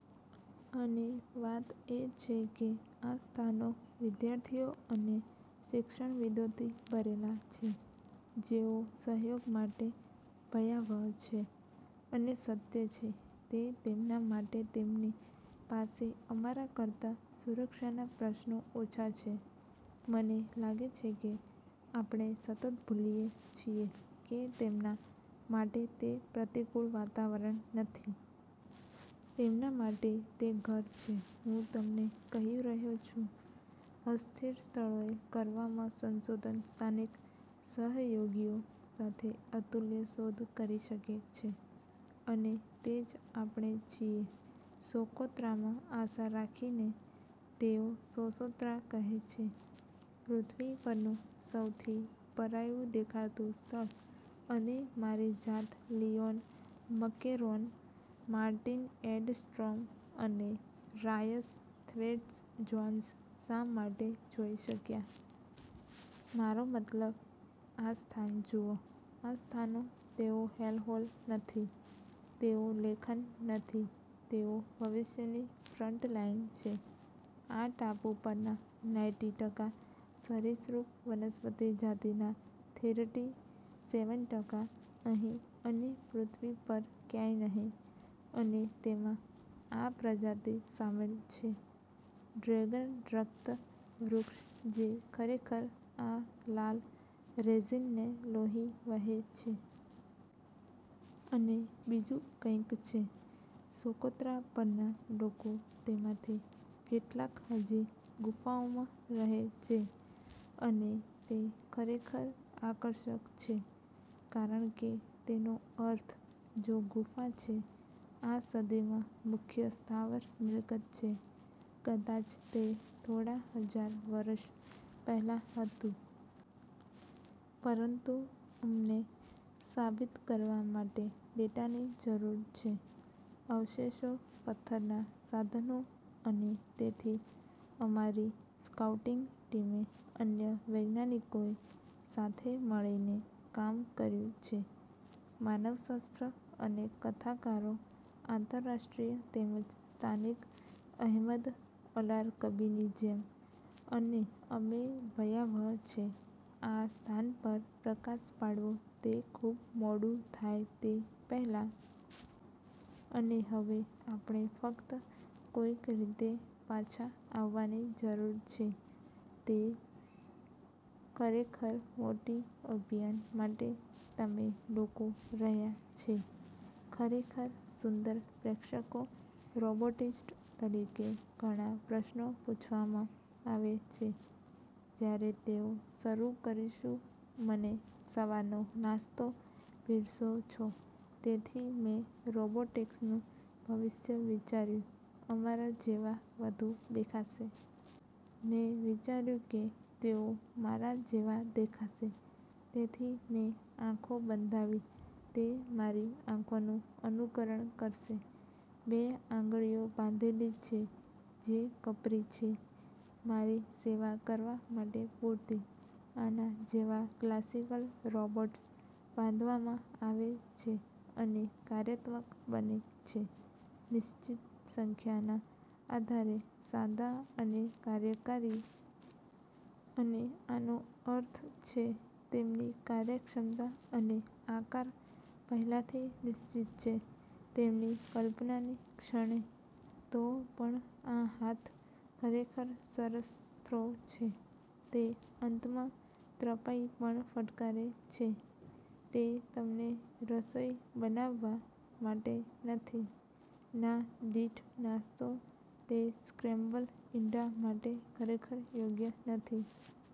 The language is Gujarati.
અને વાત એ છે કે આ સ્થાનો વિદ્યાર્થીઓ અને શિક્ષણવિદોથી ભરેલા છે જેઓ સહયોગ માટે ભયાવહ છે અને સત્ય છે તે તેમના માટે તેમની પાસે અમારા કરતા સુરક્ષાના પ્રશ્નો ઓછા છે. મને લાગે છે કે આપણે સતત ભૂલીએ છીએ કે તેમના માટે તે પ્રતિકૂળ વાતાવરણ નથી. તેમના માટે તે ઘર છે. હું તમને કહી રહ્યો છું, અસ્થિર સ્થળોએ કરવામાં સંશોધન સ્થાનિક સહયોગીઓ સાથે અતુલ્ય શોધ કરી શકે છે અને તે જ આપણે છીએ સોકોત્રામાં આશા રાખીને. તેઓ સોસોત્રા કહે છે પૃથ્વી પરનું સૌથી પરાયું દેખાતું સ્થળ અને મારી જાત લિયોન મકેરોન, માર્ટિન એડ્સ્ટ્રોમ અને રાયસ થ્વેટ્સ-જોન્સ શા માટે જોઈ શક્યા. મારો મતલબ આ સ્થાન જુઓ. આ સ્થાનો તેઓ હેલહોલ નથી, તેઓ લેખન નથી, તેઓ ભવિષ્યની ફ્રન્ટલાઈન છે. આ ટાપુ પરના નાઈન્ટી ટકા સરિસૃપ, વનસ્પતિ જાતિના થીરટી સેવન ટકા અહીં અને પૃથ્વી પર ક્યાંય નહીં અને તેમાં આ પ્રજાતિ શામેલ છે ડ્રેગન રક્ત વૃક્ષ જે ખરેખર આ લાલ રેઝિનને લોહી વહે છે. અને બીજું કંઈક છે. સોકોત્રા પરના લોકો તેમાંથી કેટલાક હજી ગુફાઓમાં રહે છે અને તે ખરેખર આકર્ષક છે કારણ કે તેનો અર્થ જો ગુફા છે આ સદીમાં મુખ્ય સ્થાવર મિલકત છે. કદાચ તે થોડા હજાર વર્ષ પહેલાં હતું. પરંતુ અમને સાબિત કરવા માટે ડેટાની જરૂર છે, અવશેષો, પથ્થરનાં સાધનો, અને તેથી અમારી સ્કાઉટિંગ ટીમે અન્ય વૈજ્ઞાનિકોએ સાથે મળીને કામ કર્યું છે, માનવશાસ્ત્ર અને કથાકારો, આંતરરાષ્ટ્રીય તેમજ સ્થાનિક, અહેમદ અલારકબીની જેમ અને અમે ભયાવહ છે આ સ્થાન પર પ્રકાશ પાડવો તે ખૂબ મોડું થાય તે પહેલાં. અને હવે આપણે ફક્ત કોઈક રીતે પાછા આવવાની જરૂર છે તે ખરેખર મોટી અભિયાન માટે. તમે લોકો રહ્યા છે ખરેખર સુંદર પ્રેક્ષકો. રોબોટિસ્ટ તરીકે ઘણા પ્રશ્નો પૂછવામાં આવે છે. જ્યારે તેઓ શરૂ કરીશું મને સવારનો નાસ્તો પીરસો છો તેથી મેં રોબોટિક્સનું ભવિષ્ય વિચાર્યું અમારા જેવા વધુ દેખાશે. મેં વિચાર્યું કે તેઓ મારા જેવા દેખાશે તેથી મેં આંખો બંધાવી તે મારી આંખોનું અનુકરણ કરશે. મેં આંગળીઓ બાંધેલી છે જે કપરી છે મારી સેવા કરવા માટે પૂરતી. આના જેવા ક્લાસિકલ રોબોટ્સ બાંધવામાં આવે છે અને કાર્યાત્મક બને છે નિશ્ચિત સંખ્યાના આધારે સાંધા અને કાર્યકારી. અને આનો અર્થ છે તેમની કાર્યક્ષમતા અને આકાર પહેલાથી નિશ્ચિત છે તેમની કલ્પનાની ક્ષણે. તો પણ આ હાથ ખરેખર સરસ થ્રો છે તે અંતમાં ત્રપાઈ પણ ફટકારે છે. તે તમને રસોઇ બનાવવા માટે નથી, ના દીઠ નાસ્તો. તે સ્ક્રેમ્બલ ઇંડા માટે ખરેખર યોગ્ય નથી.